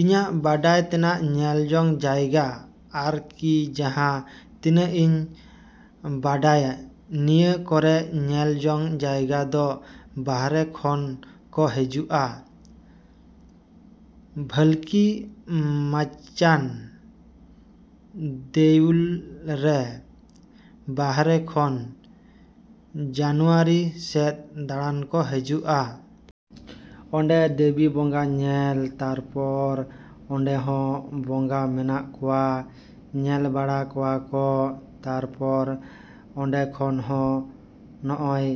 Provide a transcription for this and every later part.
ᱤᱧᱟᱹᱜ ᱵᱟᱲᱟᱭ ᱛᱮᱱᱟᱜ ᱧᱮᱞ ᱡᱚᱝ ᱡᱟᱭᱜᱟ ᱟᱨ ᱠᱤ ᱡᱟᱦᱟᱸ ᱛᱤᱱᱟᱹᱜ ᱤᱧ ᱵᱟᱲᱟᱭ ᱱᱤᱭᱟᱹ ᱠᱚᱨᱮ ᱧᱮᱞ ᱡᱚᱝ ᱡᱟᱭᱜᱟ ᱫᱚ ᱵᱟᱨᱦᱮ ᱠᱷᱚᱱ ᱠᱚ ᱦᱤᱡᱩᱜᱼᱟ᱾ ᱵᱷᱟᱹᱞᱠᱤ ᱢᱟᱪᱟᱱ ᱫᱮᱣᱩᱞ ᱨᱮ ᱵᱟᱨᱦᱮ ᱠᱷᱚᱱ ᱡᱟᱱᱩᱣᱟᱨᱤ ᱥᱮᱫ ᱫᱟᱬᱟᱱ ᱠᱚ ᱦᱤᱡᱩᱜᱼᱟ᱾ ᱚᱸᱰᱮ ᱫᱤᱵᱤ ᱵᱚᱸᱜᱟ ᱧᱮᱞ ᱛᱟᱯᱚᱨ ᱚᱸᱰᱮ ᱦᱚᱸ ᱵᱚᱸᱜᱟ ᱢᱮᱱᱟᱜ ᱠᱚᱣᱟ ᱧᱮᱞ ᱵᱟᱲᱟ ᱠᱚᱣᱟ ᱠᱚ᱾ ᱛᱟᱯᱚᱨ ᱚᱸᱰᱮ ᱠᱷᱚᱱ ᱦᱚᱸ ᱱᱚᱜᱼᱚᱭ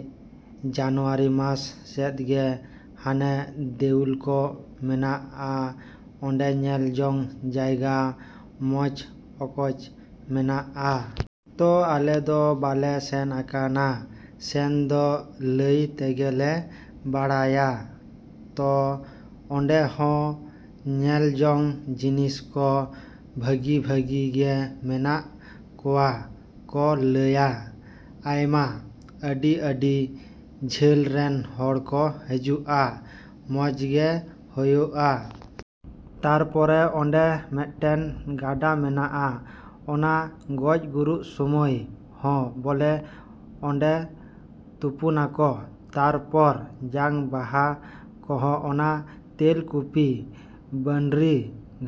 ᱡᱟᱱᱩᱣᱟᱨᱤ ᱢᱟᱥ ᱥᱮᱫ ᱜᱮ ᱦᱟᱱᱮ ᱫᱮᱣᱩᱞ ᱠᱚ ᱢᱮᱛᱟᱜᱼᱟ ᱚᱸᱰᱮ ᱧᱮᱞ ᱡᱚᱝ ᱡᱟᱭᱜᱟ ᱢᱚᱡᱽ ᱚᱠᱚᱡ ᱢᱮᱱᱟᱜᱼᱟ᱾ ᱛᱚ ᱟᱞᱮ ᱫᱚ ᱵᱟᱞᱮ ᱥᱮᱱ ᱟᱠᱟᱱᱟ ᱥᱮᱱ ᱫᱚ ᱞᱟᱹᱭ ᱛᱮᱜᱮ ᱞᱮ ᱵᱟᱲᱟᱭᱟ᱾ ᱛᱚ ᱚᱸᱰᱮ ᱦᱚᱸ ᱧᱮᱞ ᱡᱚᱝ ᱡᱤᱱᱤᱥ ᱠᱚ ᱵᱷᱟᱹᱜᱤ ᱵᱷᱟᱹᱜᱤ ᱜᱮ ᱢᱮᱱᱟᱜ ᱠᱚᱣᱟ ᱠᱚ ᱞᱟᱹᱭᱟ᱾ ᱟᱭᱢᱟ ᱟᱹᱰᱤ ᱟᱹᱰᱤ ᱡᱷᱟᱹᱞ ᱨᱮᱱ ᱦᱚᱲ ᱠᱚ ᱦᱤᱡᱩᱜᱼᱟ ᱢᱚᱡᱽ ᱜᱮ ᱦᱩᱭᱩᱜᱼᱟ᱾ ᱛᱟᱯᱚᱨᱮ ᱚᱸᱰᱮ ᱢᱤᱫᱴᱮᱱ ᱜᱟᱰᱟ ᱢᱮᱱᱟᱜᱼᱟ ᱚᱱᱟ ᱜᱚᱡ ᱜᱩᱨᱩᱜ ᱥᱚᱢᱚᱭ ᱦᱚᱸ ᱵᱚᱞᱮ ᱚᱸᱰᱮ ᱛᱩᱯᱩᱱᱟᱠᱚ ᱛᱟᱯᱚᱨ ᱡᱟᱝ ᱵᱟᱦᱟ ᱠᱚᱦᱚᱸ ᱚᱱᱟ ᱛᱮᱞ ᱠᱩᱯᱤ ᱵᱟᱹᱨᱱᱤ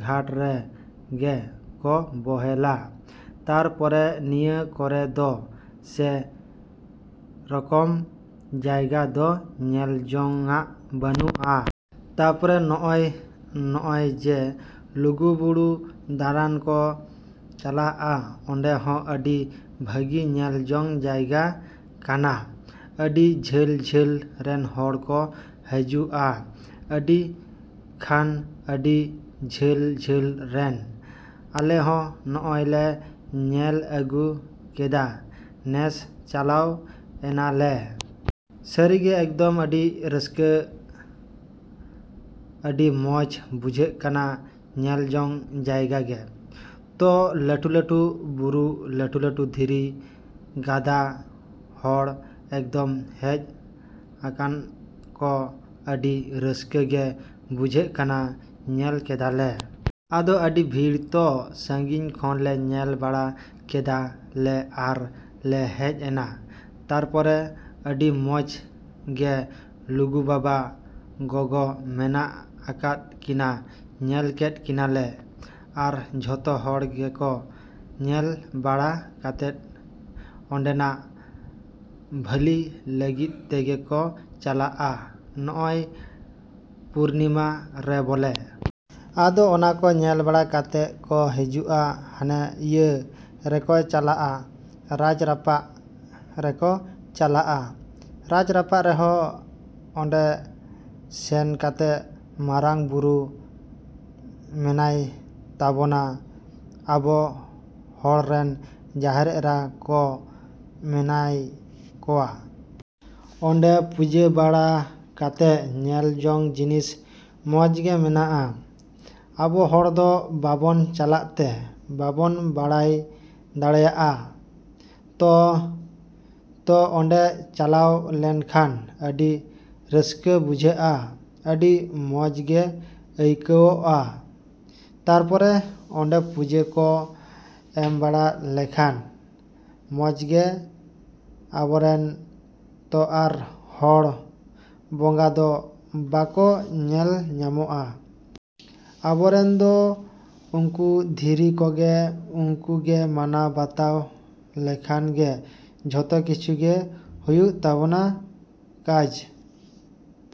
ᱜᱷᱟᱴ ᱨᱮᱜᱮ ᱠᱚ ᱵᱚᱦᱮᱞᱟ᱾ ᱛᱟᱨᱯᱚᱨᱮ ᱱᱤᱭᱟᱹ ᱠᱚᱨᱮ ᱫᱚ ᱥᱮ ᱨᱚᱠᱚᱢ ᱧᱮᱞ ᱡᱟᱭᱜᱟ ᱫᱚ ᱧᱮᱞ ᱡᱚᱝᱼᱟᱜ ᱵᱟᱹᱱᱩᱜᱼᱟ᱾ ᱛᱟᱯᱚᱨᱮ ᱱᱚᱜᱼᱚᱭ ᱱᱚᱜᱼᱚᱭ ᱡᱮ ᱞᱩᱜᱩ ᱵᱩᱨᱩ ᱫᱟᱲᱟᱱ ᱠᱚ ᱪᱟᱞᱟᱜᱼᱟ ᱚᱸᱰᱮ ᱦᱚᱸ ᱟᱹᱰᱤ ᱵᱷᱟᱹᱜᱤ ᱧᱮᱞ ᱡᱚᱝ ᱡᱟᱭᱜᱟ ᱠᱟᱱᱟ᱾ ᱟᱹᱰᱤ ᱡᱷᱟᱹᱞ ᱡᱷᱟᱹᱞ ᱨᱮᱱ ᱦᱚᱲ ᱠᱚ ᱦᱤᱡᱩᱜᱼᱟ ᱟᱹᱰᱤ ᱠᱷᱟᱱ ᱟᱹᱰᱤ ᱡᱷᱟᱹᱞ ᱡᱷᱟᱹᱞ ᱨᱮᱱ᱾ ᱟᱞᱮ ᱦᱚᱸ ᱱᱚᱜᱼᱚᱭ ᱞᱮ ᱧᱮᱞ ᱟᱹᱜᱩ ᱠᱮᱫᱟ ᱱᱮᱥ ᱪᱟᱞᱟᱣ ᱮᱱᱟ ᱞᱮ᱾ ᱥᱟᱹᱨᱤ ᱜᱮ ᱮᱠᱫᱚᱢ ᱟᱹᱰᱤ ᱨᱟᱹᱥᱠᱟᱹ ᱟᱹᱰᱤ ᱢᱚᱡᱽ ᱵᱩᱡᱷᱟᱹᱜ ᱠᱟᱱᱟ ᱧᱮᱞ ᱡᱚᱝ ᱡᱟᱭᱜᱟ ᱜᱮ᱾ ᱛᱚ ᱞᱟᱹᱴᱩ ᱞᱟᱹᱴᱩ ᱵᱩᱨᱩ ᱞᱟᱹᱴᱩ ᱞᱟᱹᱴᱩ ᱫᱷᱤᱨᱤ ᱜᱟᱫᱟ ᱦᱚᱲ ᱮᱠᱫᱚᱢ ᱦᱮᱡ ᱟᱱᱟᱠᱚ ᱟᱹᱰᱤ ᱨᱟᱹᱥᱠᱟᱹ ᱜᱮ ᱵᱩᱡᱷᱟᱹᱜ ᱠᱟᱱᱟ ᱧᱮᱞ ᱠᱮᱫᱟ ᱞᱮ᱾ ᱟᱫᱚ ᱟᱹᱰᱤ ᱵᱷᱤᱲ ᱛᱚ ᱥᱟᱺᱜᱤᱧ ᱠᱷᱚᱱ ᱞᱮ ᱧᱮᱞ ᱵᱟᱲᱟ ᱠᱮᱫᱟ ᱞᱮ ᱟᱨ ᱞᱮ ᱦᱮᱡ ᱮᱱᱟ᱾ ᱛᱟᱯᱚᱨᱮ ᱟᱹᱰᱤ ᱢᱚᱡᱽ ᱜᱮ ᱞᱩᱜᱩ ᱵᱟᱵᱟ ᱜᱚᱜᱚ ᱢᱮᱱᱟᱜ ᱟᱠᱟᱜ ᱠᱤᱱᱟᱹ ᱧᱮᱞ ᱠᱮᱫ ᱠᱤᱱᱟᱹ ᱞᱮ᱾ ᱟᱨ ᱡᱚᱛᱚ ᱦᱚᱲ ᱜᱮᱠᱚ ᱧᱮᱞ ᱵᱟᱲᱟ ᱠᱟᱛᱮᱫ ᱚᱸᱰᱮᱱᱟᱜ ᱵᱷᱟᱹᱞᱤ ᱞᱟᱹᱜᱤᱫ ᱛᱮᱜᱮ ᱠᱚ ᱪᱟᱞᱟᱜᱼᱟ ᱱᱚᱜᱼᱚᱭ ᱯᱩᱨᱱᱤᱢᱟ ᱨᱮ ᱵᱚᱞᱮ᱾ ᱟᱫᱚ ᱚᱱᱟ ᱠᱚ ᱧᱮᱞ ᱵᱟᱲᱟ ᱠᱟᱛᱮᱫ ᱠᱚ ᱦᱤᱡᱩᱜᱼᱟ ᱦᱟᱱᱮ ᱤᱭᱟᱹ ᱨᱮᱠᱚ ᱪᱟᱞᱟᱜᱼᱟ ᱨᱟᱡᱽ ᱨᱟᱯᱟᱜ ᱨᱮᱠᱚ ᱪᱟᱞᱟᱜᱼᱟ᱾ ᱨᱟᱡᱽ ᱨᱟᱯᱟᱜ ᱨᱮᱦᱚᱸ ᱚᱸᱰᱮ ᱥᱮᱱ ᱠᱟᱛᱮᱫ ᱢᱟᱨᱟᱝ ᱵᱩᱨᱩ ᱢᱮᱱᱟᱭ ᱛᱟᱵᱚᱱᱟ ᱟᱵᱚ ᱦᱚᱲ ᱨᱮᱱ ᱡᱟᱦᱮᱨ ᱮᱨᱟ ᱠᱚ ᱢᱮᱱᱟᱜ ᱠᱚᱣᱟ᱾ ᱚᱸᱰᱮ ᱯᱩᱡᱟᱹ ᱵᱟᱲᱟ ᱠᱟᱛᱮᱫ ᱧᱮᱞ ᱡᱚᱝ ᱡᱤᱱᱤᱥ ᱢᱚᱡᱽ ᱜᱮ ᱢᱮᱱᱟᱜᱼᱟ᱾ ᱟᱵᱚ ᱦᱚᱲ ᱫᱚ ᱵᱟᱵᱚᱱ ᱪᱟᱞᱟᱜ ᱛᱮ ᱵᱟᱵᱚᱱ ᱵᱟᱲᱟᱭ ᱫᱟᱲᱮᱭᱟᱜᱼᱟ᱾ ᱛᱚ ᱛᱚ ᱚᱸᱰᱮ ᱪᱟᱞᱟᱣ ᱞᱮᱱ ᱠᱷᱟᱱ ᱟᱹᱰᱤ ᱨᱟᱹᱥᱠᱟᱹ ᱵᱩᱡᱷᱟᱹᱜᱼᱟ ᱟᱹᱰᱤ ᱢᱚᱡᱽ ᱜᱮ ᱟᱹᱭᱠᱟᱹᱣᱜᱼᱟ᱾ ᱛᱟᱯᱚᱨᱮ ᱚᱸᱰᱮ ᱯᱩᱡᱟᱹ ᱠᱚ ᱮᱢ ᱵᱟᱲᱟ ᱞᱮᱠᱷᱟᱱ ᱢᱚᱡᱽ ᱜᱮ ᱟᱵᱚᱨᱮᱱ ᱛᱚ ᱟᱨ ᱦᱚᱲ ᱵᱚᱸᱜᱟ ᱫᱚ ᱵᱟᱠᱚ ᱧᱮᱞ ᱧᱟᱢᱚᱜᱼᱟ᱾ ᱟᱵᱚᱨᱮᱱ ᱫᱚ ᱩᱱᱠᱩ ᱫᱷᱤᱨᱤ ᱠᱚᱜᱮ ᱩᱱᱠᱩ ᱜᱮ ᱢᱟᱱᱟᱣ ᱵᱟᱛᱟᱣ ᱞᱮᱠᱷᱟᱱ ᱜᱮ ᱡᱚᱛᱚ ᱠᱤᱪᱷᱩ ᱜᱮ ᱦᱩᱭᱩᱜ ᱛᱟᱵᱚᱱᱟ ᱠᱟᱡᱽ᱾